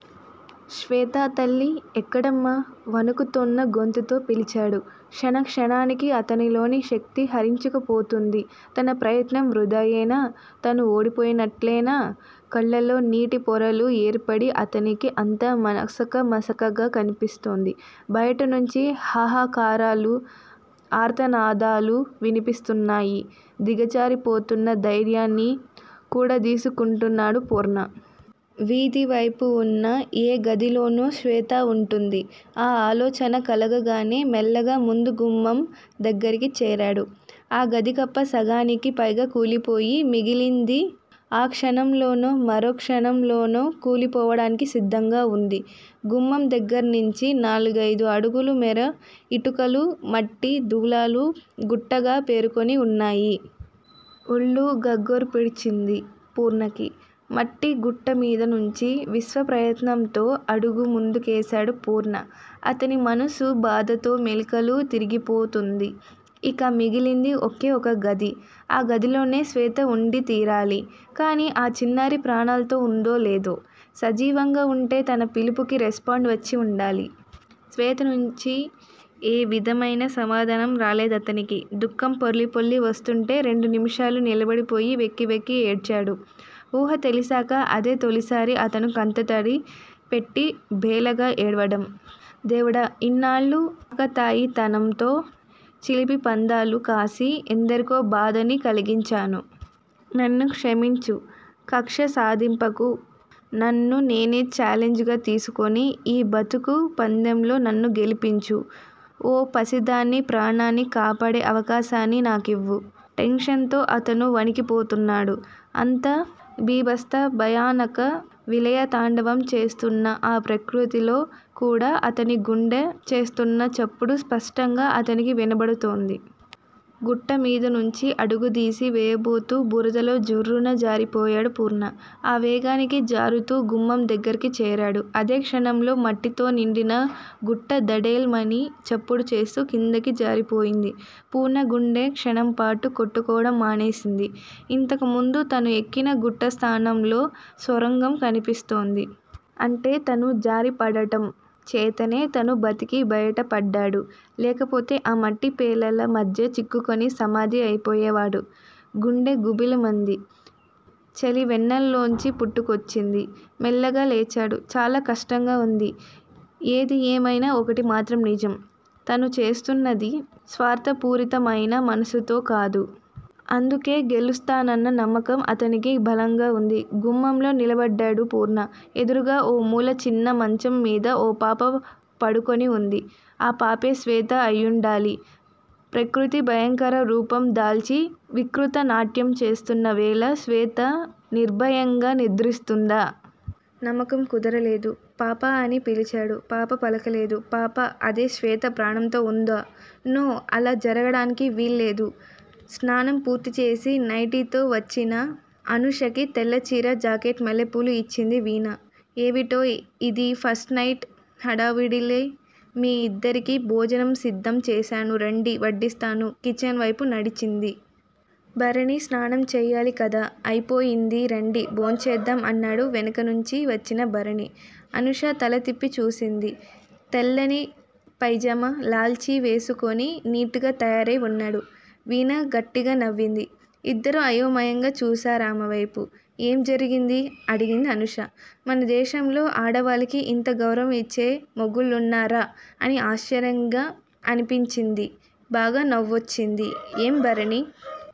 శ్వేతా! తల్లీ! ఎక్కడమ్మా! వణుకుతోన్న గొంతుతో పిలిచాడు. క్షణ క్షణానికి అతనిలోని శక్తి హరించుకుపోతోంది. తన ప్రయత్నం వృధాయేనా? తను ఓడిపోయినట్టేనా? కళ్ళల్లో నీటి పొరలు ఏర్పడి అతనికి అంతా మసక మసకగా కనిపిస్తోంది. బయట నుంచి హాహాకారాలు, ఆర్తనాదాలూ వినిపిస్తున్నాయి. దిగజారిపోతున్న ధైర్యాన్ని కూడదీసుకుంటున్నాడు పూర్ణ. వీధివేపు వున్న ఏ గదిలోనో శ్వేత వుంటుంది. ఆ ఆలోచన కలగగానే మెల్లగా ముందు గుమ్మం దగ్గరికి చేరాడు. ఆ గది కప్పు సగానికి పైగా కూలిపోయి, మిగిలింది ఆ క్షణంలోనో మరుక్షణంలోనో కూలిపోవడానికి సిద్ధంగా వుంది. గుమ్మం దగ్గరనించి నాలుగైదు అడుగుల మేర ఇటుకలు, మట్టి, దూలాలు గుట్టగా పేరుకుని వున్నాయి. ఒళ్ళు గగుర్పొడిచింది పూర్ణకి. మట్టి గుట్టమీద నుంచి విశ్వప్రయత్నంతో అడుగు ముందుకేశాడు పూర్ణ. అతని మనసు బాధతో మెలికలు తిరిగిపోతోంది. ఇక మిగిలింది ఒకే ఒక గది. ఆ గదిలోనే శ్వేత ఉండి తీరాలి. కానీ ఆ చిన్నారి ప్రాణాలతో ఉందో లేదో? సజీవంగా వుంటే తన పిలుపుకి రెస్పాండ్ వచ్చి వుండాలి. శ్వేత నుంచి ఏ విధమయిన సమాధానం రాలేదతనికి. దుఃఖం పొర్లి పొర్లి వస్తుంటే రెండు నిమిషాలు నిలబడిపోయి వెక్కి వెక్కి ఏడ్చాడు. ఊహ తెలిశాక అదే తొలిసారి అతను కంటతడి పెట్టి బేలగా ఏడ్వడం. దేవుడా! ఇన్నాళ్ళూ ఆకతాయితనంతో చిలిపిపందాలు కాసి ఎందరికో బాధని కలిగించాను. నన్ను క్షమించు. కక్ష సాధింపకు. నన్ను నేనే ఛాలెంజ్ గా తీసుకున్న ఈ బతుకు పందెంలో నన్ను గెలిపించు. ఓ పసిదాని ప్రాణాన్ని కాపాడే అవకాశాన్ని నాకివ్వు. టెన్షన్ తో అతను వణికిపోతున్నాడు. అంత భీభత్స భయానక విలయతాండవం చేస్తున్న ఆ ప్రకృతిలో కూడా అతని గుండె చేస్తోన్న చప్పుడు స్పష్టంగా అతనికి వినబడుతోంది. గుట్టమీద నుంచి అడుగుదీసి వేయబోతూ బురదలో జుర్రున జారిపోయాడు పూర్ణ. ఆ వేగానికి జారుతూ గుమ్మం దగ్గరికి చేరాడు. అదే క్షణంలో మట్టితో నిండిన గుట్ట ధడేల్ మని చప్పుడు చేస్తూ కిందికి జారిపోయింది. పూర్ణ గుండె క్షణంపాటు కొట్టుకోవడం మానేసింది. ఇంతకు ముందు తను ఎక్కిన గుట్ట స్థానంలో సొరంగం కనిపిస్తోంది. అంటే తను జారిపడటం చేతనే తను బతికి బయటపడ్డాడు. లేకపోతే ఆ మట్టి పెళ్ళల మధ్య చిక్కుకుని సమాధి అయిపోయేవాడు. గుండె గుభిల్లుమంది. చలి వెన్నులోంచి పుట్టుకొచ్చింది. మెల్లగా లేచాడు. చాలా కష్టంగా వుంది. ఏది ఏమైనా ఒకటి మాత్రం నిజం. తను చేస్తున్నది స్వార్ధపూరితమయిన మనసుతో కాదు. అందుకె గెలుస్తానన్న నమ్మకం అతనికి బలంగా వుంది. గుమ్మంలో నిలబడ్డాడు పూర్ణ. ఎదురుగా ఓ మూల చిన్న మంచం మీద ఓ పాప పడుకొని వుంది. ఆ పాపే శ్వేత అయ్యుండాలి. ప్రకృతి భయంకర రూపం దాల్చి వికృత నాట్యం చేస్తున్న వేళ శ్వేత నిర్భయంగా నిద్రిస్తుందా? నమ్మకం కుదరలేదు. పా పా అని పిలిచాడు. పాప పలకలేదు. పాప అదే శ్వేత ప్రాణంతో వుందా! నో! అలా జరగడానికి వీల్లేదు. స్నానం పూర్తీచేసి, నైటితో వచ్చిన అనూషకి తెల్ల చీర, జాకెట్, మల్లెపూలు ఇచ్చింది వీణ. ఏవిటోయ్ ఇది? ఫస్ట్ నైట్ హడావుడిలే మీ ఇద్దరికీ బోజనం సిద్దం చేశాను రండి వడ్డిస్తాను కిచెన్ వైపు నడిచింది. భరణి స్నానం చేయాలి కదా! అయిపోయింది రండి బోంచేద్దాం అన్నాడు వెనకనుంచి వచ్చిన భరణి. అనూష తలతిప్పి చూసింది. తెల్లనిపైజమా, లాల్చీ వేసుకుని నీటుగా తయారై వున్నాడు. వీణ గట్టిగా నవ్వింది. ఇద్దరూ అయోమయంగా చూశారామేవైపు. ఏం జరిగింది? అడిగింది అనూష. మనదేశంలో ఆడవాళ్ళకి ఇంత గౌరవం ఇచ్చే మొగుళ్ళున్నారా అని ఆశ్చర్యంగా అన్పించింది. బాగా నవ్వొచ్చింది. ఏం భరణీ!